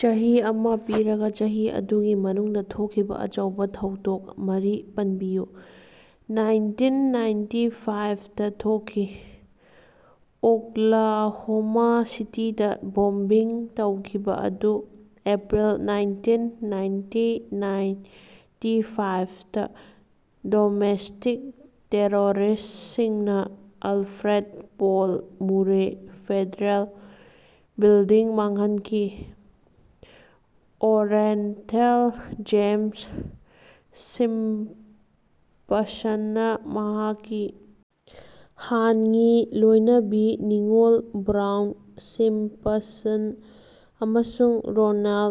ꯆꯍꯤ ꯑꯃ ꯄꯤꯔꯒ, ꯆꯍꯤ ꯑꯗꯨꯒꯤ ꯃꯅꯨꯡꯗ ꯊꯣꯛꯈꯤꯕ ꯑꯆꯧꯕ ꯊꯧꯗꯣꯛ ꯃꯔꯤ ꯄꯟꯕꯤꯌꯨ꯫ ꯅꯥꯏꯟꯇꯤꯟꯅꯥꯏꯟꯇꯤꯐꯥꯏꯚꯗꯥ ꯊꯣꯛꯈꯤ꯫ ꯑꯣꯛꯂꯥꯍꯣꯃꯥ ꯁꯤꯇꯤꯗꯥ ꯕꯣꯝꯕꯤꯡ ꯇꯧꯈꯤꯕ ꯑꯗꯨ ꯑꯦꯞꯄ꯭ꯔꯤꯜ ꯅꯥꯏꯟꯇꯤꯟ, ꯅꯥꯏꯟꯇꯤꯟꯅꯥꯏꯟꯇꯤꯐꯥꯏꯚꯗꯥ ꯗꯣꯃꯦꯁꯇꯤꯛ ꯇꯦꯔꯣꯔꯤꯁꯇꯁꯤꯡꯅ Alfred P Murrah federal building ꯃꯥꯡꯍꯟꯈꯤ꯫ ꯑꯣꯔꯦꯟꯊꯦꯜ ꯖꯦꯝꯁ ꯁꯤꯝꯄꯁꯟꯅꯥ ꯃꯍꯥꯛꯀꯤ ꯍꯥꯟꯉꯤ ꯂꯣꯏꯅꯕꯤ ꯅꯤꯀꯣꯜ ꯕ꯭ꯔꯥꯎꯟ ꯁꯤꯝꯄꯁꯟ ꯑꯃꯁꯨꯡ ꯔꯣꯅꯥꯟ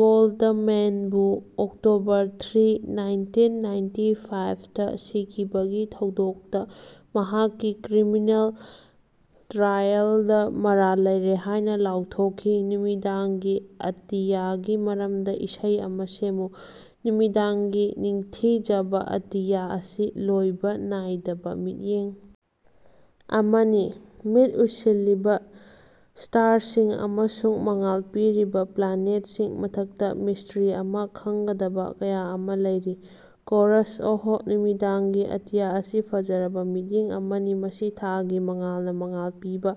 ꯒꯣꯜꯗꯃꯦꯟꯕꯨ ꯑꯣꯛꯇꯣꯕꯔ ꯊ꯭ꯔꯤ, ꯅꯥꯏꯟꯇꯤꯟꯅꯥꯏꯟꯇꯤꯐꯥꯏꯚꯗꯥ ꯁꯤꯈꯤꯕꯒꯤ ꯊꯧꯗꯣꯛꯇꯥ ꯃꯍꯥꯛꯀꯤ ꯀ꯭ꯔꯤꯃꯤꯅꯦꯜ ꯇ꯭ꯔꯥꯏꯑꯦꯜꯗꯥ ꯃꯔꯥꯜ ꯂꯩꯔꯦ ꯍꯥꯏꯅ ꯂꯥꯎꯊꯣꯛꯈꯤ꯫ ꯅꯨꯃꯤꯗꯥꯡꯒꯤ ꯑꯇꯤꯌꯥꯒꯤ ꯃꯔꯝꯗꯥ ꯏꯁꯩ ꯑꯃ ꯁꯦꯝꯃꯨ꯫ ꯅꯨꯃꯤꯗꯥꯡꯒꯤ ꯅꯤꯡꯊꯤꯖꯅꯥ, ꯑꯇꯤꯌꯥ ꯑꯁꯤ ꯂꯣꯏꯕ ꯅꯥꯏꯗꯕ ꯃꯤꯠꯌꯦꯡ ꯑꯃꯅꯤ꯫ ꯃꯤꯠ ꯎꯏꯁꯤꯜꯂꯤꯕ ꯁ꯭ꯇꯥꯔꯁꯤꯡ ꯑꯃꯁꯨꯡ ꯃꯉꯥꯜ ꯄꯤꯔꯤꯕꯥ ꯄ꯭ꯂꯥꯅꯦꯠꯁꯤꯡ, ꯃꯊꯛꯇ ꯃꯤꯁꯇ꯭ꯔꯤ ꯑꯃ, ꯈꯪꯒꯗꯕ ꯀꯌꯥ ꯑꯃ ꯂꯩꯔꯤ꯫ ꯀꯣꯔꯁ: ꯑꯣꯍ, ꯅꯨꯃꯤꯗꯥꯡꯒꯤ ꯑꯇꯤꯌꯥ ꯑꯁꯤ ꯐꯖꯔꯕ ꯃꯤꯠꯌꯦꯡ ꯑꯃꯅꯤ, ꯃꯁꯤ ꯊꯥꯒꯤ ꯃꯉꯥꯜꯅ ꯃꯉꯥꯜ ꯄꯤꯕ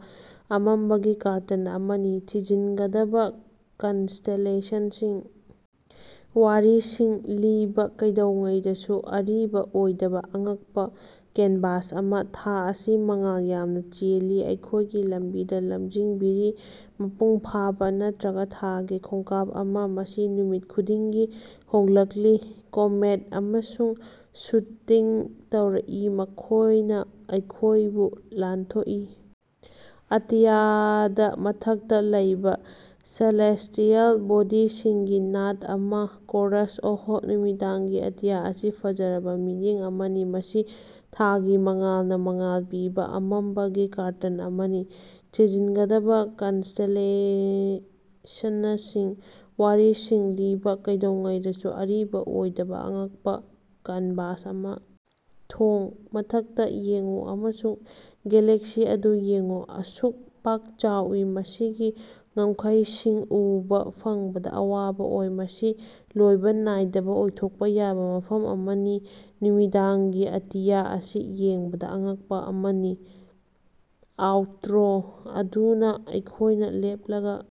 ꯑꯃꯝꯕꯒꯤ ꯀꯥꯔꯇꯟ ꯑꯃꯅꯤ꯫ ꯊꯤꯖꯤꯟꯒꯗꯕ ꯀꯟꯁꯇꯦꯂꯦꯁꯟꯁꯤꯡ, ꯋꯥꯔꯤꯁꯤꯡ ꯂꯤꯕ, ꯀꯩꯗꯧꯉꯩꯗꯁꯨ ꯑꯔꯤꯕ ꯑꯣꯏꯗꯕ ꯑꯉꯛꯄꯥ ꯀꯦꯟꯚꯥꯁ ꯑꯃ꯫ ꯊꯥ ꯑꯁꯤ ꯃꯉꯥꯜ ꯌꯥꯝꯅ ꯆꯦꯜꯂꯤ, ꯑꯩꯈꯣꯏꯒꯤ ꯂꯝꯕꯤꯗ ꯂꯝꯖꯤꯡꯕꯤꯔꯤ, ꯃꯄꯨꯡ ꯐꯥꯕ ꯅꯠꯇ꯭ꯔꯒ ꯊꯥꯒꯤ ꯈꯣꯡꯀꯥꯞ ꯑꯃ, ꯃꯁꯤ ꯅꯨꯃꯤꯠ ꯈꯨꯗꯤꯡꯒꯤ ꯍꯣꯡꯂꯛꯂꯤ꯫ ꯀꯣꯃꯦꯠ ꯑꯃꯁꯨꯡ ꯁꯨꯇꯤꯡ ꯍꯧꯔꯛꯏ, ꯃꯈꯣꯏꯅ ꯑꯩꯈꯣꯏꯕꯨ ꯂꯥꯟꯊꯣꯛꯏ, ꯑꯇꯤꯌꯥꯗ ꯃꯊꯛꯇꯥ ꯂꯩꯕ ꯁꯦꯂꯦꯁꯇꯤꯑꯦꯜ ꯕꯣꯗꯤꯁꯤꯡꯒꯤ ꯅꯥꯠ ꯑꯃ꯫ ꯀꯣꯔꯁ: ꯑꯣꯍ, ꯅꯨꯃꯤꯗꯥꯡꯒꯤ ꯑꯇꯤꯌꯥ ꯑꯁꯤ ꯐꯖꯔꯕ ꯃꯤꯠꯌꯦꯡ ꯑꯃꯅꯤ, ꯃꯁꯤ ꯊꯥꯒꯤ ꯃꯉꯥꯜꯅ ꯃꯉꯥꯜ ꯄꯤꯕ ꯑꯃꯝꯕꯒꯤ ꯀꯥꯔꯇꯟ ꯑꯃꯅꯤ꯫ ꯊꯤꯖꯤꯟꯒꯗꯕꯥ ꯀꯟꯁꯇꯦꯂꯦꯁꯅꯁꯤꯡ, ꯋꯥꯔꯤꯁꯤꯡ ꯂꯤꯕ, ꯀꯩꯗꯧꯉꯩꯗꯁꯨ ꯑꯔꯤꯕ ꯑꯣꯏꯗꯕ ꯑꯉꯛꯄ ꯀꯟꯚꯥꯁ ꯑꯃ꯫ ꯊꯣꯡ: ꯃꯊꯛꯇ ꯌꯦꯡꯎ ꯑꯃꯁꯨꯡ ꯒꯦꯂꯦꯛꯁꯤ ꯑꯗꯨ ꯌꯦꯡꯉꯨ, ꯑꯁꯨꯛ ꯄꯥꯛ ꯆꯥꯎꯏ, ꯃꯁꯤꯒꯤ ꯉꯝꯈꯩꯁꯤꯡ ꯎꯕ ꯐꯪꯕꯗ ꯑꯋꯥꯕ ꯑꯣꯏ꯫ ꯃꯁꯤ ꯂꯣꯏꯕ ꯅꯥꯏꯗꯕ ꯑꯣꯏꯊꯣꯛꯄ ꯌꯥꯕ ꯃꯐꯝ ꯑꯃꯅꯤ, ꯅꯨꯃꯤꯗꯥꯡꯒꯤ ꯑꯇꯤꯌ ꯑꯁꯤ ꯌꯦꯡꯕꯗ ꯑꯉꯛꯄ ꯑꯃꯅꯤ꯫ ꯑꯥꯎꯠꯇ꯭ꯔꯣ: ꯑꯗꯨꯅ ꯑꯩꯈꯣꯏꯅ ꯂꯦꯞꯂꯒ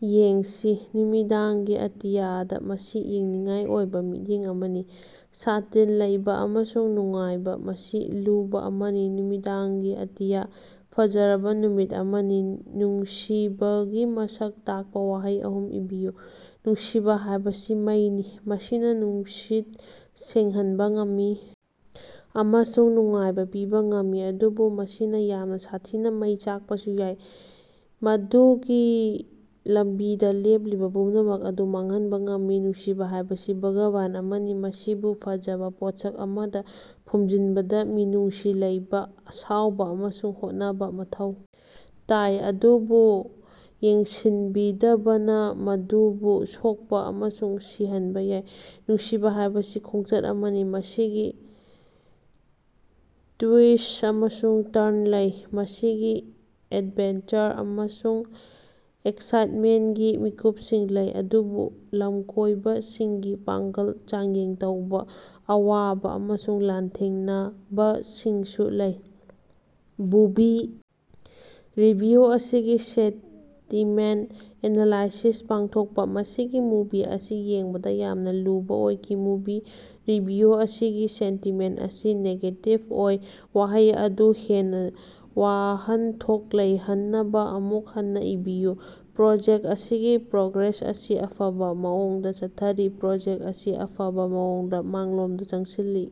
ꯌꯦꯡꯁꯤ, ꯅꯨꯃꯤꯗꯥꯡꯒꯤ ꯑꯇꯤꯌꯥꯗ, ꯃꯁꯤ ꯌꯦꯡꯅꯤꯡꯉꯥꯏ ꯑꯣꯏꯕ ꯃꯤꯠꯌꯦꯡ ꯑꯃꯅꯤ꯫ ꯁꯥꯟꯇꯤ ꯂꯩꯕ ꯑꯃꯁꯨꯡ ꯅꯨꯡꯉꯥꯏꯕ, ꯃꯁꯤ ꯂꯨꯕ ꯑꯃꯅꯤ, ꯅꯨꯃꯤꯗꯥꯡꯒꯤ ꯑꯇꯤꯌꯥ, ꯐꯖꯔꯕ ꯅꯨꯃꯤꯠ ꯑꯃꯅꯤ꯫ ꯅꯨꯡꯁꯤꯕꯒꯤ ꯃꯁꯛ ꯇꯥꯛꯄ ꯋꯍꯩ ꯑꯍꯨꯝ ꯏꯕꯤꯌꯨ꯫ ꯅꯨꯡꯁꯤꯕ ꯍꯥꯏꯕꯁꯤ ꯃꯩꯅꯤ: ꯃꯁꯤꯅ ꯅꯨꯡꯁꯤꯠ ꯁꯦꯡꯍꯟꯕ ꯉꯝꯃꯤ ꯑꯃꯁꯨꯡ ꯅꯨꯡꯉꯥꯏꯕ ꯄꯤꯕ ꯉꯝꯃꯤ, ꯑꯗꯨꯕꯨ ꯃꯁꯤꯅ ꯌꯥꯝꯅ ꯁꯥꯊꯤꯅ ꯃꯩ ꯆꯥꯛꯄꯁꯨ ꯌꯥꯏ, ꯃꯗꯨꯒꯤ ꯂꯝꯕꯤꯗ ꯂꯦꯞꯂꯤꯕ ꯄꯨꯝꯅꯃꯛ ꯑꯗꯨ ꯃꯥꯡꯍꯟꯕ ꯉꯝꯃꯤ꯫ ꯅꯨꯡꯁꯤꯕꯥ ꯍꯥꯏꯕꯁꯤ ꯕꯒꯥꯕꯥꯟ ꯑꯃꯅꯤ: ꯃꯁꯤꯕꯨ ꯐꯖꯕ ꯄꯣꯠꯁꯛ ꯑꯃꯗ ꯐꯨꯝꯖꯤꯟꯕꯗ ꯃꯤꯅꯨꯡꯁꯤ ꯂꯩꯕ, ꯑꯁꯥꯎꯕ ꯑꯃꯁꯨꯡ ꯍꯣꯠꯅꯕ ꯃꯊꯧ ꯇꯥꯏ, ꯑꯗꯨꯕꯨ ꯌꯦꯡꯁꯤꯟꯕꯤꯗꯕꯅ ꯃꯗꯨꯕꯨ ꯁꯣꯛꯄ ꯑꯃꯁꯨꯡ ꯁꯤꯍꯟꯕ ꯌꯥꯏ꯫ ꯅꯨꯡꯁꯤꯕ ꯍꯥꯏꯕꯁꯤ ꯈꯣꯡꯆꯠ ꯑꯃꯅꯤ: ꯃꯁꯤꯒꯤ ꯇ꯭ꯌꯨꯏꯁ ꯑꯃꯁꯨꯡ ꯇ꯭ꯔꯟ ꯂꯩ, ꯃꯁꯤꯒꯤ ꯑꯦꯗꯚꯦꯟꯆꯔ ꯑꯃꯁꯨꯡ ꯑꯦꯛꯁꯥꯏꯠꯃꯦꯟꯒꯤ ꯃꯤꯀꯨꯞꯁꯤꯡ ꯂꯩ, ꯑꯗꯨꯕꯨ ꯂꯝꯀꯣꯏꯕꯁꯤꯡꯒꯤ ꯄꯥꯡꯒꯜ ꯆꯥꯡꯌꯦꯡ ꯇꯧꯕ ꯑꯋꯥꯕ ꯑꯃꯁꯨꯡ ꯂꯥꯟꯊꯦꯡꯅꯕꯁꯤꯡꯁꯨ ꯂꯩ꯫ ꯕꯨꯚꯤ ꯔꯤꯚꯤꯌꯨ ꯑꯁꯤꯒꯤ ꯁꯦꯟꯇꯤꯃꯦꯟꯠ ꯑꯦꯅꯥꯂꯥꯏꯁꯤꯁ ꯄꯥꯡꯊꯣꯛꯄ꯫ ꯃꯁꯤꯒꯤ ꯃꯨꯚꯤ ꯑꯁꯤ ꯌꯦꯡꯕꯗ ꯌꯥꯝꯅ ꯂꯨꯕ ꯑꯣꯏꯈꯤ꯫ ꯃꯨꯚꯤ ꯔꯤꯚꯤꯌꯨ ꯑꯁꯤꯒꯤ ꯁꯦꯟꯇꯤꯃꯦꯟꯠ ꯑꯁꯤ ꯅꯦꯒꯦꯇꯤꯚ ꯑꯣꯏ꯫ ꯋꯥꯍꯩ ꯑꯗꯨ ꯍꯦꯟꯅꯥ ꯋꯥꯍꯟꯊꯣꯛ ꯂꯩꯍꯟꯅꯕ ꯑꯃꯨꯛ ꯍꯟꯅ ꯏꯕꯤꯌꯨ꯫ ꯄ꯭ꯔꯣꯖꯦꯛ ꯑꯁꯤꯒꯤ ꯄ꯭ꯔꯣꯒ꯭ꯔꯦꯁ ꯑꯁꯤ ꯑꯐꯕ ꯃꯑꯣꯡꯗ ꯆꯠꯊꯔꯤ꯫ ꯄ꯭ꯔꯣꯖꯦꯛ ꯑꯁꯤ ꯑꯐꯕ ꯃꯑꯣꯡꯗ ꯃꯥꯡꯂꯣꯝꯗ ꯆꯪꯁꯤꯜꯂꯤ꯫